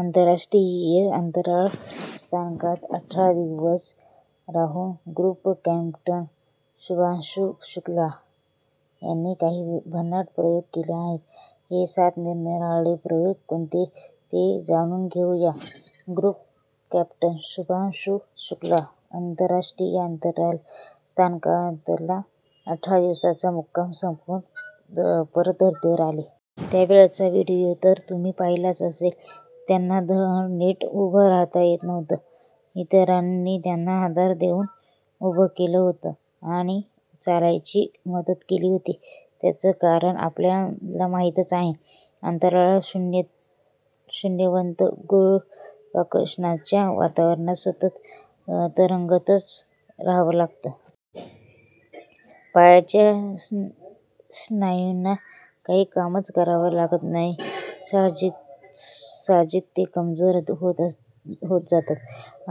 आंतरराष्ट्रीय अंतराळ स्थानकात अठरा दिवस राहून ग्रुप कॅप्टन शुभांशु शुक्ला यांनी काही भन्नाट प्रयोग केले आहेत. हे सात निरनिराळे प्रयोग कोणते, ते जाणून घेऊ या. Group captain Shubhanshu Shukla. आंतरराष्ट्रीय अंतराळ स्थानकातला अठरा दिवसांचा मुक्काम संपवून परत धरतीवर आले. त्यावेळचा व्हिडिओ तर तुम्ही पाहिलाच असेल. त्यांना धड नीट उभं राहता येत नव्हतं. इतरांनी त्यांना आधार देऊन उभं केलं होतं आणि चालायलाही मदत केली होती. त्याचं कारण आपल्याला माहितीच आहे. अंतराळात शून्यवत गुरुत्वाकर्षणाच्या वातावरणात सतत तरंगतच राहावं लागतं. पायांच्या स्नायूंना काही कामच करावं लागत नाही. साहजिकच ते कमजोर होत जातात.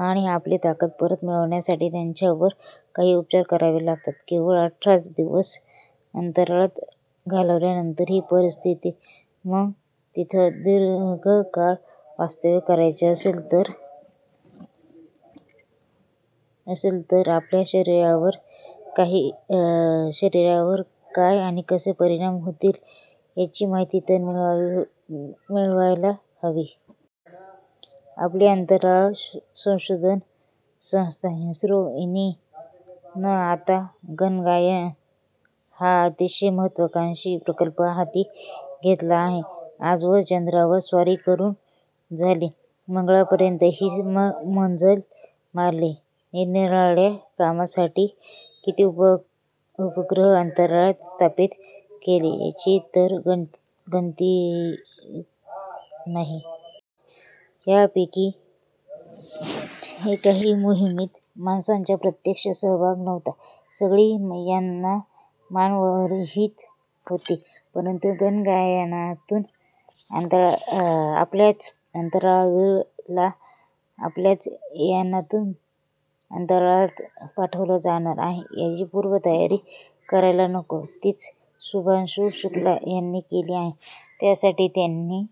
आणि आपली ताकद परत मिळवण्यासाठी त्यांच्यावर काही उपचार करावे लागतात. केवळ अठराच दिवस अंतराळात घालवल्यानंतर ही परिस्थिती. मग तिथं दीर्घ काळ वास्तव्य करायचं असेल तर आपल्या शरीरावर काय आणि कसे परिणाम होतील, याची माहिती तर मिळवायला हवी. आपली अंतराळसंशोधन संस्था इस्रो हिनं आता गगनयान हा अतिशय महत्त्वाकांक्षी प्रकल्प हाती घेतला आहे. आजवर चंद्रावर स्वारी करून झाली, मंगळापर्यंतही मजल मारली, निरनिराळ्या कामांसाठीचे किती उपग्रह अंतराळात स्थापित केले यांची तर गणतीच नाही. पण यांपैकी एकाही मोहिमेत माणसाचा प्रत्यक्ष सहभाग नव्हता. सगळी यानं मानवरहित होती, परंतु गगनयानातून आपल्याच अंतराळवीराला आपल्याच यानातून अंतराळात पाठवलं जाणार आहे. त्याची पूर्वतयारी करायला नको? तीच शुभांशु शुक्ला यांनी केली आहे. त्यासाठी त्यांनी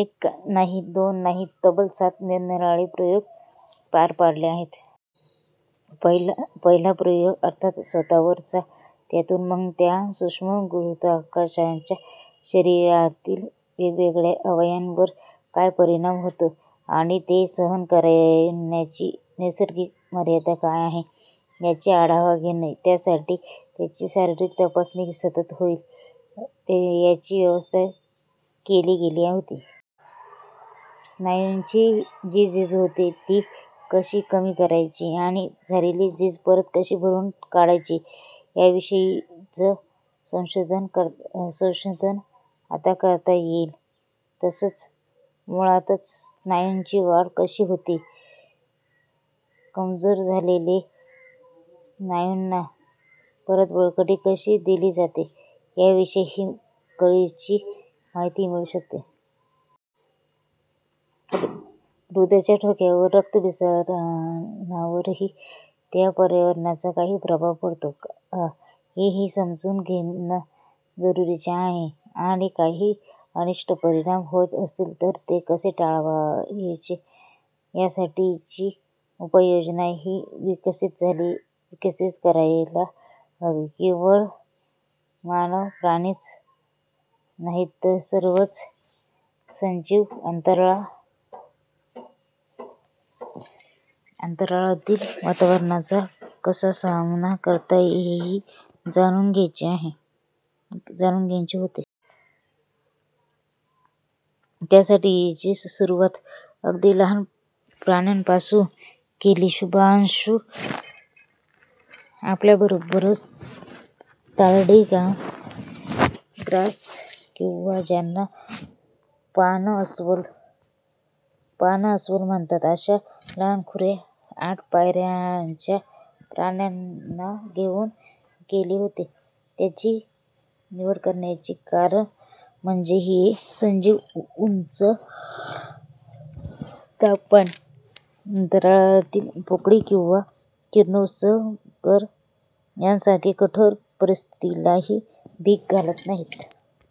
एक नाही, दोन नाही, तब्बल सात निरनिराळे प्रयोग पार पाडले आहेत. पहिला प्रयोग अर्थात स्वतःवरचा. त्यातून मग त्या सूक्ष्म गुरुत्वाकर्षणाचा शरीरातील वेगवेगळ्या अवयवांवर काय परिणाम होतो आणि ते सहन करण्याची नैसर्गिक मर्यादा काय आहे, याचा आढावा घेणं त्यासाठी त्यांची शारीरिक तपासणी सतत होईल याची व्यवस्था केली गेली होती. स्नायूंची जी झीज होते, ती कशी कमी करायची आणि झालेली झीज परत कशी भरून काढायची याविषयीचं संशोधन आता करता येईल. तसंच मुळातच स्नायूंची वाढ कशी होते, कमजोर झालेल्या स्नायूंना परत बळकटी कशी दिली जाते याविषयीही कळीची माहिती मिळू शकेल. हृदयाच्या ठोक्यांवर, रक्ताभिसरणावरही, त्या पर्यावरणाचा काही प्रभाव पडतो का, हेही समजून घेणं जरुरीचं आहे. आणि काही अनिष्ट परिणाम होत असतील तर ते कसे टाळायचे यासाठीची उपाययोजनाही विकसित करायला हवी. केवळ मानवप्राणीच नाही तर सर्वच सजीव, अंतराळातील वातावरणाचा कसा सामना करतात, हेही जाणून घ्यायचं होतं. त्यासाठीची सुरुवात अगदी लहान प्राण्यांपासून केली. शुभांशु आपल्याबरोबर तारडीग्रास, किंवा ज्यांना पाणअस्वल म्हणतात, अशा लहानखुऱ्या आठ पायांच्या प्राण्यांना घेऊन गेले होते. त्यांची निवड करण्याचं कारण म्हणजे हे सजीव उच्च तापमान, अंतराळातील पोकळी किंवा किरणोत्सर्ग यांसारख्या कठोर परिस्थितीलाही भीक घालत नाहीत.